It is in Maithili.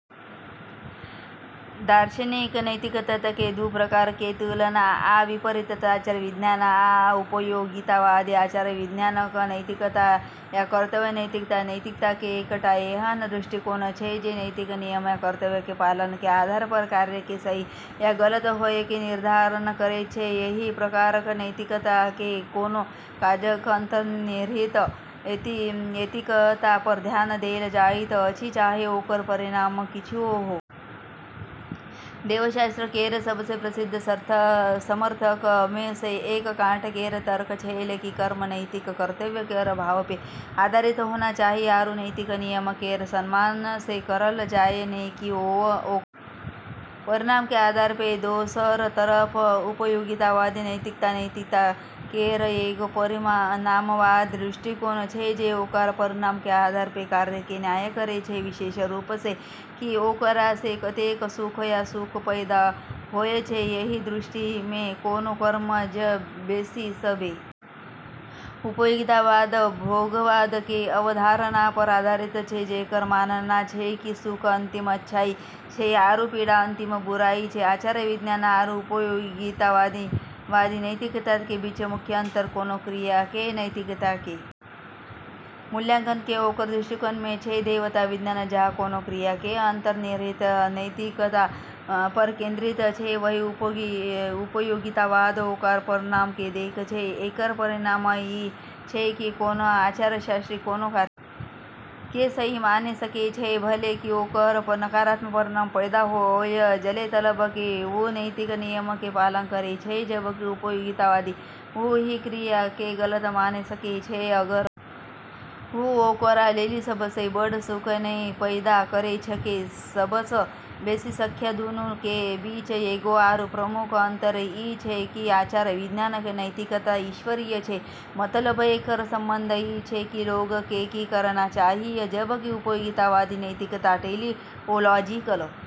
दार्शनिक नैतिकता के दू प्रकार के तुलना आ विपरीतता आचार-विज्ञान आ उपयोगितावादी आचार-विज्ञानक नैतिकता या कर्तव्य नैतिकता नैतिकता के एकटा एहन दृष्टिकोण छै जे नैतिक नियम या कर्तव्य के पालन के आधार पर कार्य के सही या गलत होय के निर्धारण करै छै, एहि प्रकारक नैतिकता मे कोनो काजक अंतर्निहित नैतिकता पर ध्यान देल जाइत अछि, चाहे ओकर परिणाम किछुओ हो। देवशास्त्र केरऽ सबसें प्रसिद्ध समर्थकऽ मे से एक कांट केरऽ तर्क छेलै कि कर्म नैतिक कर्तव्य केरऽ भाव पे आधारित होना चाहि आरू नैतिक नियम केरऽ सम्मान से करलऽ जाय, नै कि ओकरऽ परिणाम के आधार पे, दोसरऽ तरफ उपयोगितावादी नैतिकता नैतिकता केरऽ एगो परिणामवादी दृष्टिकोण छै जे ओकरऽ परिणाम के आधार पे कार्यऽ के न्याय करै छै, विशेष रूप से कि ओकरा से कतेक सुख या सुख पैदा होय छै, एहि दृष्टि मे कोनो कर्म जँ बेसी सँ बेसी लोकक लेल सबसँ बेसी सुख उत्पन्न करैत अछि तऽ सही मानल जाइत अछि। उपयोगितावाद भोगवाद के अवधारणा पर आधारित छै जेकरऽ मानना छै कि सुख अंतिम अच्छाई छै आरू पीड़ा अंतिम बुराई छै। आचार-विज्ञान आरू उपयोगितावादी नैतिकता के बीच मुख्य अंतर कोनो क्रिया के नैतिकता के मूल्यांकन के ओकरऽ दृष्टिकोण में छै, देवता विज्ञान जहाँ कोनो क्रिया के अंतर्निहित नैतिकता पर केंद्रित छै, वहीं उपयोगितावाद ओकरऽ परिणाम के देखै छै, एकरऽ परिणाम ई छै कि कोनो आचारशास्त्री कोनो कार्य के सही माने सकै छै, भले ही ओकरऽ नकारात्मक परिणाम पैदा होय, जबे तलक कि उ नैतिक नियमऽ के पालन करै छै, जबकि उपयोगितावादी उ ही क्रिया के गलत माने सकै छै अगर वू ओकरा लेली सबसें बड़ऽ सुख नै पैदा करै छै सबसँ बेसी संख्या, दूनू के बीच एगो आरू प्रमुख अंतर ई छै कि आचार-विज्ञान के नैतिकता ईश्वरीय छै मतलब एकरऽ संबंध ई छै कि लोगऽ के की करना चाहियऽ, जबकि उपयोगितावादी नैतिकता टेलिओलॉजिकल छै, मतलब कि ई कोनो कार्य के अंतिम लक्ष्य या उद्देश्य पे केंद्रित छै।